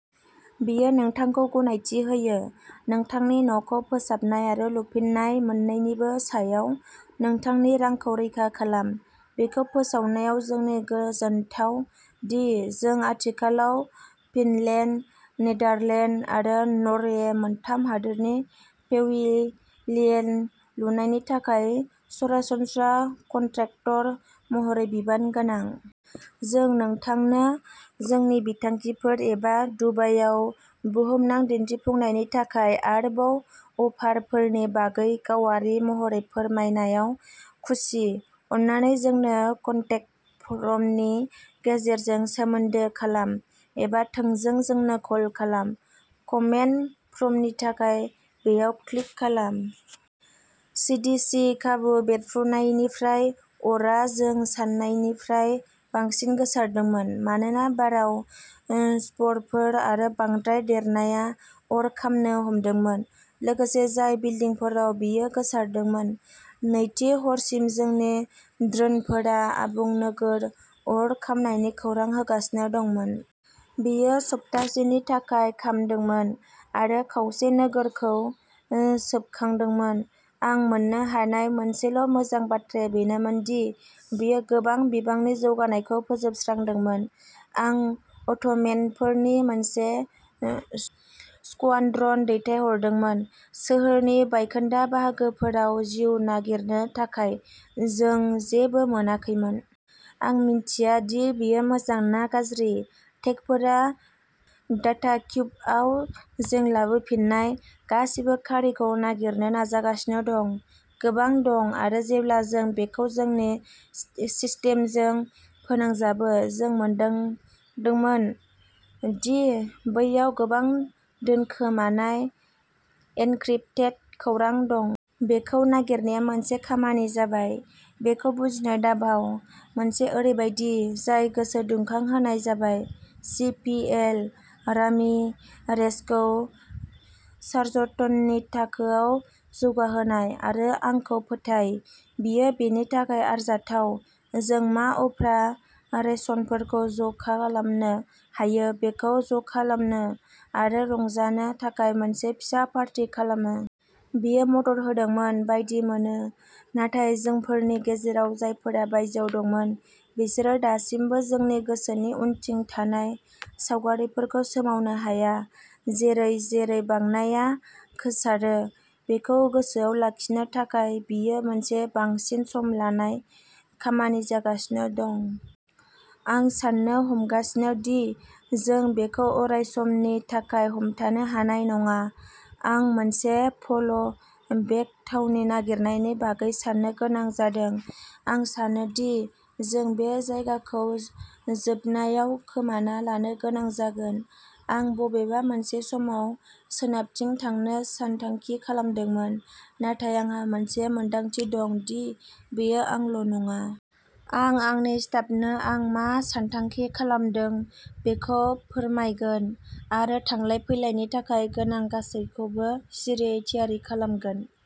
बेयो नोंथांखौ गनायथि होयो। नोंथांनि न'खौ फोसाबनाय आरो लुफिननाय मोन्नैनिबो सायाव नोंथांनि रांखौ रैखा खालाम। बेखौ फोसावनायाव जोंनि गोजोनथाव दि, जों आथिखालाव फिनलेन्ड, नेदारलेन्ड आरो नर्वे मोनथाम हादोरनि पेवेलियन लुनायनि थाखाय सरासनस्रा कन्ट्रेक्टर महरै बिबान गोनां। जों नोंथांनो जोंनि बिथांखिफोर एबा दुबाइआव बुहुमनां दिन्थिफुंनायनि थाखाय आरोबाव अफारफोरनि बागै गावारि महरै फोरमायनायाव खुसि। अन्नानै जोंनो कन्टेक फर्मनि गेजेरजों सोमोन्दो खालाम एबा थोंजों जोंनो कल खालाम। कन्टेक फर्मनि थाखाय, बेयाव क्लिक खालाम! सीडीसी खाबु बेरफ्रुनायनिफ्राय अरआ जों सान्नायनिफ्राय बांसिन गोसारदोंमोन, मानोना बाराव स्परफोर आरो बांद्राय देरनाया अर खामनो हमदोंमोन, लोगोसे जाय बिल्डिंफोराव बेयो गोसारदोंमोन। नैथि हरसिम जोंनि ड्रोनफोरा आबुं नोगोर अर खामनायनि खौरां होगासिनो दंमोन। बेयो सप्तासेनि थाखाय खामदोंमोन आरो खावसे नोगोरखौ सोबखांदोंमोन। आं मोन्नो हानाय मोनसेल'मोजां बाथ्राया बेनोमोन दि बेयो गोबां बिबांनि जौगानायखौ फोजोबस्रांदोंमोन, आं अट'मेटनफोरनि मोनसे स्कवाड्रन दैथायहरदोंमोन। सोहोरनि बायखोन्दा बाहागोफोराव जिउ नागिरनो थाखाय। जों जेबो मोनाखैमोन। आं मिथिया दि बेयो मोजां ना गाज्रि। टेकफोरा डाटाक्युबआव जों लाबोफिन्नाय गासिबो खारिखौ नागिरनो नाजागासिनो दं। गोबां दं, आरो जेब्ला जों बेखौ जोंनि सिस्टेमजों फोनांजाबो, जों मोनदांदोंमोन दि बैयाव गोबां दोनखोमानाय एनक्रिप्टेड खौरां दं। बेखौ नागिरनाया मोनसे खामानि जाबाय, बेखौ बुजिनो दाबाव। मोनसे ओरैबायदि जाय गोसो दुंखांहोनाय जाबाय सि. पि. एल. रामिरेजखौ सार्जेन्टनि थाखोआव जौगाहोनाय। आरो आंखौ फोथाय, बियो बेनि थाखाय आरजाथाव। जों मा उफ्रा रेशनफोरखौ ज'खालामनो हायो बेखौ ज'खालामो आरो रंजानो थाखाय मोनसे फिसा पार्टी खालामो। बेयो मदद होदोंमोन बायदि मोनो, नाथाय जोंफोरनि गेजेराव जायफोरा बायजोआव दंमोन बिसोरो दासिमबो जोंनि गोसोनि उनथिं थानाय सावगारिफोरखौ सोमावनो हाया। जेरै-जेरै बांनाया गोसारो,। बेखौ गोजानाव लाखिनो थाखाय बेयो मोनसे बांसिन सम लानाय खामानि जागासिनो दं। आं साननो हमगासिनो दि जों बेखौ अरायसमनि थाखाय हमथानो हानाय नङा। आं मोनसे फ'ल बेक थावनि नागिरनायनि बागै साननो गोनां जादों। आं सानो दि जों बे जायगाखौ जोबनायाव खोमाना लानो गोनां जागोन। आं बबेबा मोनसे समाव सोनाबथिं थांनो सानथांखि खालामदोंमोन, नाथाय आंहा मोनसे मोनदांथि दं दि बेयो आंल'नङा। आं आंनि स्टाफनो आं मा सानथांखि खालामदों बेखौ फोरमायगोन आरो थांलाय-फैलायनि थाखाय गोनां गासैबोखौ सिरियै थियारि खालामगोन।